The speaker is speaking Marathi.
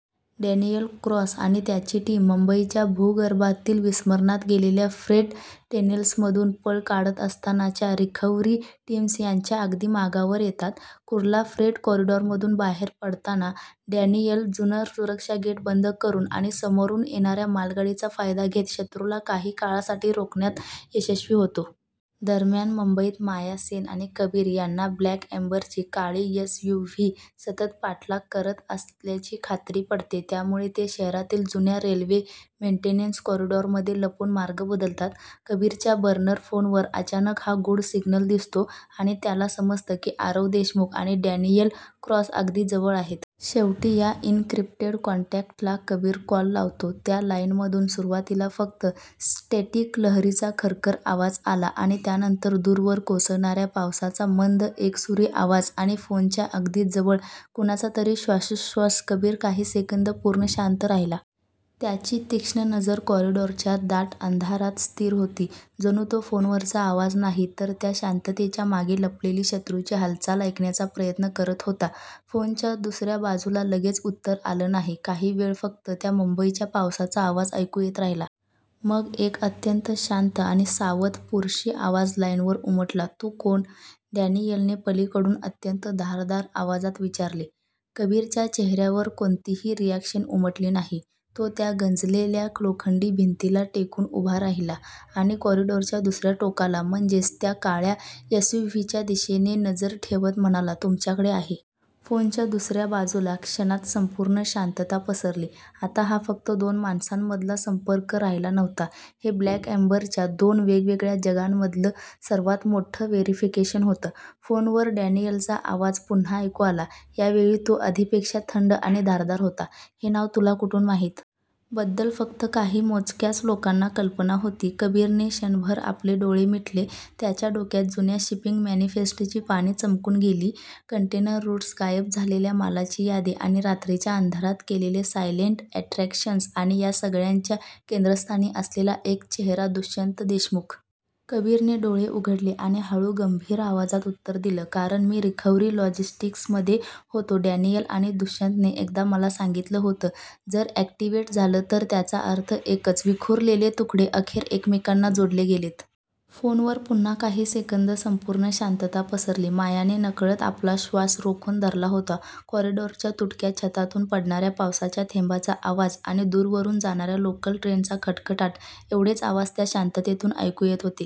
डॅनियल क्रॉस आणि त्याची टीम मुंबईच्या भूगर्भातील विस्मरणात गेलेल्या फ्रेट टनेल्समधून पळ काढत असताना च्या रिकव्हरी टीम्स त्यांच्या अगदी मागावर येतात. कुर्ला फ्रेट कॉरिडॉरमधून बाहेर पडताना डॅनियल जुनं सुरक्षा गेट बंद करून आणि समोरून येणाऱ्या मालगाडीचा फायदा घेत शत्रूला काही काळासाठी रोखण्यात यशस्वी होतो. दरम्यान मुंबईत माया सेन आणि कबीर यांना ब्लॅक एम्बरची काळी एसयूव्ही सतत पाठलाग करत असल्याची खात्री पटते, त्यामुळे ते शहरातील जुन्या रेल्वे मेंटेनन्स कॉरिडॉरमध्ये लपून मार्ग बदलतात. कबीरच्या बर्नर फोनवर अचानक हा गूढ सिग्नल दिसतो आणि त्याला समजतं की आरव देशमुख आणि डॅनियल क्रॉस अगदी जवळ आहेत. शेवटी या एन्क्रिप्टेड कॉन्टॅक्टला कबीर कॉल लावतो. त्या लाईनमधून सुरुवातीला फक्त स्टॅटिक लहरींचा खरखर आवाज आला आणि त्यानंतर दूरवर कोसळणाऱ्या पावसाचा मंद, एकसुरी आवाज आणि फोनच्या अगदी जवळ कुणाचातरी श्वासोच्छवास कबीर काही सेकंद पूर्ण शांत राहिला. त्याची तीक्ष्ण नजर कॉरिडॉरच्या दाट अंधारात स्थिर होती. जणू तो फोनवरचा आवाज नाही, तर त्या शांततेच्या मागे लपलेली शत्रूची हालचाल ऐकण्याचा प्रयत्न करत होता. फोनच्या दुसऱ्या बाजूला लगेच उत्तर आलं नाही. काही वेळ फक्त त्या मुंबईच्या पावसाचा आवाज ऐकू येत राहिला. मग एक अत्यंत शांत आणि सावध पुरुषी आवाज लाईनवर उमटला. "तू कोण? " डॅनियलने पलीकडून अत्यंत धारदार आवाजात विचारले. कबीरच्या चेहऱ्यावर कोणतीही रिएक्शन उमटली नाही. तो त्या गंजलेल्या लोखंडी भिंतीला टेकून उभा राहिला आणि कॉरिडॉरच्या दुसऱ्या टोकाला, म्हणजेच त्या काळ्या एसयूव्हीच्या दिशेने नजर ठेवत म्हणाला तुमच्याकडे आहे. फोनच्या दुसऱ्या बाजूला क्षणात संपूर्ण शांतता पसरली. आता हा फक्त दोन माणसांमधला संपर्क राहिला नव्हता. हे 'ब्लॅक एम्बर'च्या दोन वेगवेगळ्या जगांमधलं सर्वात मोठं व्हेरिफिकेशन होतं. फोनवर डॅनियलचा आवाज पुन्हा ऐकू आला. या वेळी तो आधीपेक्षा थंड आणि धारदार होता, "हे नाव तुला कुठून माहित? बद्दल फक्त काही मोजक्याच लोकांना कल्पना होती." कबीरने क्षणभर आपले डोळे मिटले. त्याच्या डोक्यात जुन्या शिपिंग मॅनिफेस्ट्सची पाने चमकून गेली. कंटेनर रूट्स, गायब झालेल्या मालाची यादी आणि रात्रीच्या अंधारात केलेली सायलेंट एक्स्ट्रॅक्शन्स आणि या सगळ्याच्या केंद्रस्थानी असलेला एक चेहरा दुष्यंत देशमुख. कबीरने डोळे उघडले आणि हळू, धीरगंभीर आवाजात उत्तर दिलं, "कारण मी रिकव्हरी लॉजिस्टिक्स मध्ये होतो, डॅनियल. आणि दुष्यंतने एकदा मला सांगितलं होतं जर अॅक्टिव्हेट झालं "तर त्याचा अर्थ एकच विखुरलेले तुकडे अखेर एकमेकांना जोडले गेलेत." फोनवर पुन्हा काही सेकंद संपूर्ण शांतता पसरली. मायाने नकळत आपला श्वास रोखून धरला होता. कॉरिडॉरच्या तुटक्या छतातून पडणाऱ्या पावसाच्या थेंबांचा आवाज आणि दूरवरून जाणाऱ्या लोकल ट्रेनचा खडखडाट एवढेच आवाज त्या शांततेत ऐकू येत होते.